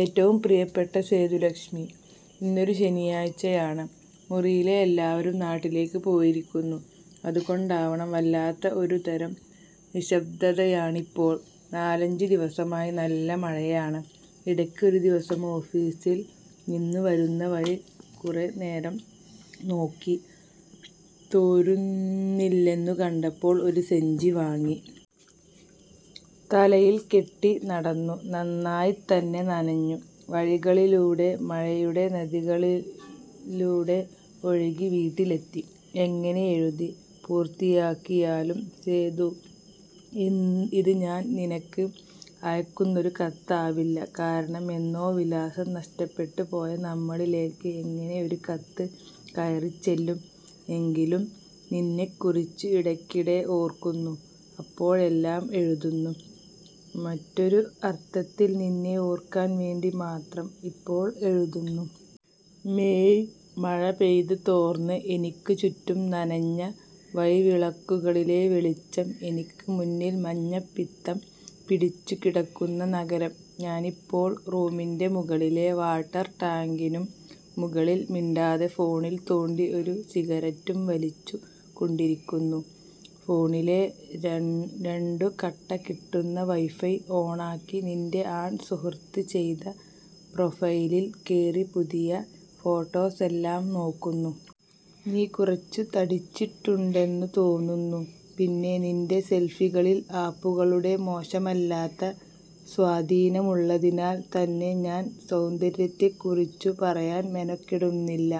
ഏറ്റവും പ്രിയപ്പെട്ട സേതുലക്ഷ്മി, ഇന്നൊരു ശനിയാഴ്ചയാണ്. മുറിയിലെ എല്ലാവരും നാട്ടിലേക്ക് പോയിരിക്കുന്നു. അതുകൊണ്ടാവണം വല്ലാത്ത ഒരുതരം നിശബ്ദതയാണിപ്പോൾ. നാലഞ്ചു ദിവസമായി നല്ല മഴയാണ്. ഇടയ്ക്ക് ഒരു ദിവസം ഓഫീസില്‍ നിന്ന് വരുന്ന വഴി കുറെ നേരം നോക്കി. തോരുന്നില്ലെന്നു കണ്ടപ്പോള്‍ ഒരു സഞ്ചി വാങ്ങി. തലയില്‍ കെട്ടി നടന്നു. നന്നായിത്തന്നെ നനഞ്ഞു. വഴികളിലൂടെ, മഴയുടെ നദികളിലൂടെ ഒഴുകി വീട്ടിലെത്തി. എങ്ങനെ എഴുതി പൂര്‍ത്തിയാക്കിയാലും സേതു. ഇത് ഞാന്‍ നിനക്ക് അയക്കുന്നൊരു കത്താവില്ല. കാരണം എന്നോ വിലാസം നഷ്ടപ്പെട്ട് പോയ നമ്മളിലേക്ക് എങ്ങനെ ഒരു കത്ത് കയറിച്ചെല്ലും? എങ്കിലും നിന്നെക്കുറിച്ചു ഇടയ്ക്കിടെ ഓര്‍ക്കുന്നു, അപ്പോഴെല്ലാം എഴുതുന്നു, മറ്റൊരുഅർത്തത്തിൽ നിന്നെ ഓര്‍ക്കാന്‍ വേണ്ടി മാത്രം ഇപ്പോള്‍ എഴുതുന്നു. മേയ് മഴ പെയ്ത് തോര്‍ന്ന് എനിക്ക് ചുറ്റും, നനഞ്ഞ വഴിവിളക്കുകളിലെ വെളിച്ചം. എനിക്ക് മുന്നില്‍ മഞ്ഞപ്പിത്തം പിടിച്ചു കിടക്കുന്ന നഗരം. ഞാനിപ്പോൾ റൂമിന്റെ മുകളിലെ വാട്ടര്‍ ടാങ്കിനും മുകളില്‍ മിണ്ടാതെ ഫോണില്‍ തോണ്ടി ഒരു സിഗരറ്റും വലിച്ചു കൊണ്ടിരിക്കുന്നു. ഫോണിലെ ' രണ്ടു കട്ട ' കിട്ടുന്ന വൈഫൈ ഓണാക്കി നിന്‍റെ ആൺ സുഹൃത്ത് ചെയ്ത പ്രൊഫൈലിൽ കേറി പുതിയ ഫോട്ടോസെല്ലാം നോക്കുന്നു. നീ കുറച്ചു തടിച്ചിട്ടുണ്ടെന്നു തോന്നുന്നു. പിന്നെ നിന്‍റെ സെൽഫികളിൽ ആപ്പുകളുടെ മോശമല്ലാത്ത സ്വാധീനമുള്ളതിനാൽ തന്നെ ഞാന്‍ സൗന്ദര്യത്തെക്കുറിച്ചു പറയാന്‍ മെനക്കെടുന്നില്ല.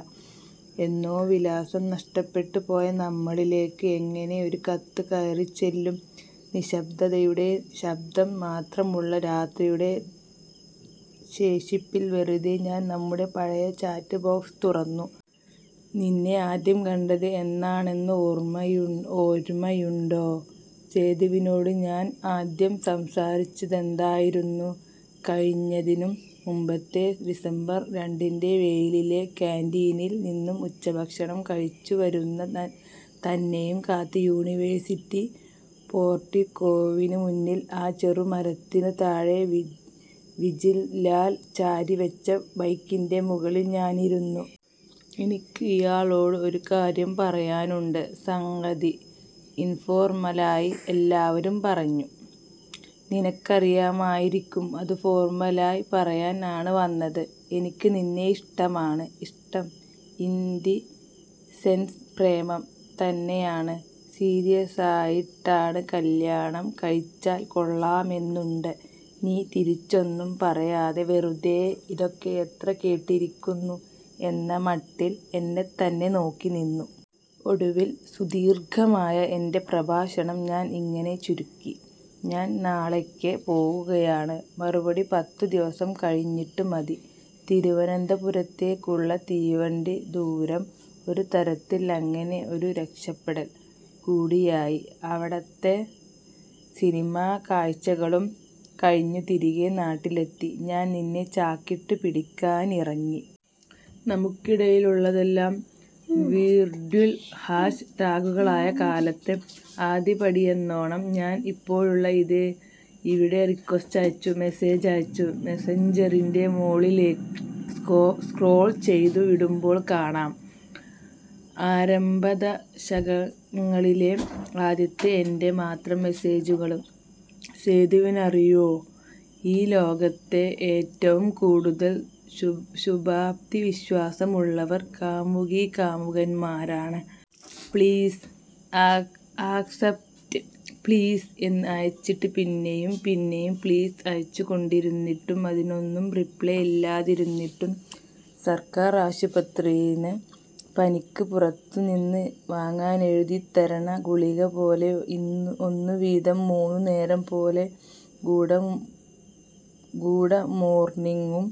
എന്നോ വിലാസം നഷ്ടപ്പെട്ട് പോയ നമ്മളിലേക്ക് എങ്ങനെ ഒരു കത്ത് കയറിച്ചെല്ലും? നിശ്ശബ്ദതയുടെ ശബ്ദം മാത്രമുള്ള രാത്രിയുടെ ശേഷിപ്പിൽ വെറുതെ ഞാന്‍ നമ്മുടെ പഴയ ചാറ്റ് ബോക്സ് തുറന്നു. നിന്നെ ആദ്യം കണ്ടത് എന്നാണെന്നു ഓര്മ്മയുണ്ടോ? സേതുവിനോട് ഞാന്‍ ആദ്യം സംസാരിച്ചതെന്തായിരുന്നു? കഴിഞ്ഞതിനും മുമ്പത്തെ ഡിസംബര്‍ രണ്ടിന്‍റെ വെയിലില് കാന്‍റീനില്‍ നിന്നും ഉച്ചഭക്ഷണം കഴിച്ചു വരുന്ന തന്നെയും കാത്ത് യൂണിവേഴ്സിറ്റി പോർട്ടിക്കോവിന് മുന്നില്‍, ആ ചെറുമരത്തിനു താഴെ വിജിൽ ലാല്‍ ചാരി വെച്ച ബൈക്കിന്‍റെ മുകളില്‍ ഞാനിരുന്നു. ' എനിക്ക് ഇയാളോട് ഒരു കാര്യം പറയാനുണ്ട്. സംഗതി ഇൻഫോർമലായി എല്ലാവരും പറഞ്ഞു നിനക്കറിയാമായിരിക്കും. അത് ഫോർമലായ് പറയാന്‍ ആണ് വന്നത്. എനിക്ക് നിന്നെ ഇഷ്ടമാണ്. ഇഷ്ടം ഇന്‍ ദി സെന്‍സ് പ്രേമം തന്നെയാണ്. സീരിയസായിട്ടാണ്. കല്യാണം കഴിച്ചാല്‍ കൊള്ളാമെന്നുണ്ട് ' നീ തിരിച്ചൊന്നും പറയാതെ വെറുതേ ' ഇതൊക്കെ എത്ര കേട്ടിരിക്കുന്നു ' എന്ന മട്ടില്‍ എന്നെത്തന്നെ നോക്കി നിന്നു. ഒടുവില്‍ സുദീര്‍ഘമായ എന്‍റെ പ്രഭാഷണം ഞാന്‍ ഇങ്ങനെ ചുരുക്കി: ' ഞാന്‍ നാളെയ്ക്ക് പോവുകയാണ്. മറുപടി പത്തു ദിവസം കഴിഞ്ഞിട്ടു മതി ' തിരുവനന്തപുരത്തേക്കുള്ള തീവണ്ടിദൂരം ഒരു തരത്തില്‍ അങ്ങനെ ഒരു രക്ഷപ്പെടല്‍ കൂടിയായി. അവിടത്തെ സിനിമാ കാഴ്ചകളും കഴിഞ്ഞു തിരികെ നാട്ടിലെത്തി ഞാന്‍ നിന്നെ ചാക്കിട്ടു പിടിക്കാനിറങ്ങി. നമുക്കിടയിലുള്ളതെല്ലാം വീർട്യുൽ ഹാഷ് ടാഗുകളായ കാലത്ത്, ആദ്യപടിയെന്നോണം ഞാന്‍ ഇപ്പോഴുള്ള ഇതേ ഇവിടെ റിക്വസ്റ്റ് അയച്ചു, മെസ്സേജ് അയച്ചു, മെസ്സഞ്ചറിന്റെ മോളിലേക്ക് സ്ക്രോള്‍ ചെയ്തു വിടുമ്പോള്‍ കാണാം ആരംഭദശകങ്ങളിലെ ആദ്യത്തെ എന്‍റെ മാത്രം മെസ്സേജുകള്! സേതുവിനറിയോ ഈ ലോകത്തെ ഏറ്റവും കൂടുതല്‍ ശുഭാപ്തി വിശ്വാസമുള്ളവർ കാമുകികാമുകന്മാരാണ്. ' പ്ലീസ്, ആക്സപ്റ്റ് പ്ലീസ് 'എന്നു അയച്ചിട്ട്, പിന്നെയും പിന്നെയും ' പ്ലീസ് ' അയച്ചു കൊണ്ടിരുന്നിട്ടും അതിനൊന്നും റിപ്ലെ ഇല്ലാതിരുന്നിട്ടും സര്‍ക്കാര്‍ ആശുപത്രീന്ന് പനിക്ക് പുറത്തു നിന്ന് വാങ്ങനെഴുതിത്തരണ ഗുളിക പോലെ ' ഒന്നു വീതം മൂന്നുനേരം ' പോലെ ഗൂഡമോർണിങ്ങും,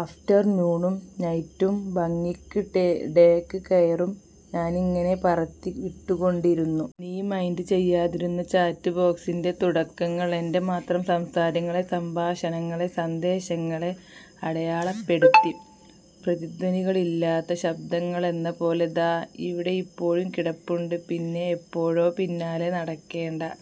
ആഫ്റ്റർനൂണും, നൈറ്റും ഭംഗിക്ക് ടേക്ക് കെയറും ഞാനിങ്ങനെ പറത്തി വിട്ടുകൊണ്ടിരുന്നു. നീ മൈന്ഡ് ചെയ്യാതിരുന്ന ചാറ്റ് ബോക്സിന്‍റെ തുടക്കങ്ങള്‍, എന്‍റെ മാത്രം സംസാരങ്ങളെ, സംഭാഷണങ്ങളെ, സന്ദേശങ്ങളെ അടയാളപ്പെടുത്തി പ്രതിധ്വനികളില്ലാത്ത ശബ്ദങ്ങളെന്ന പോലെ ദാ ഇവിടെയിപ്പോഴും കിടപ്പുണ്ട്. പിന്നെ എപ്പോഴോ ' പിന്നാലെ നടക്കേണ്ട.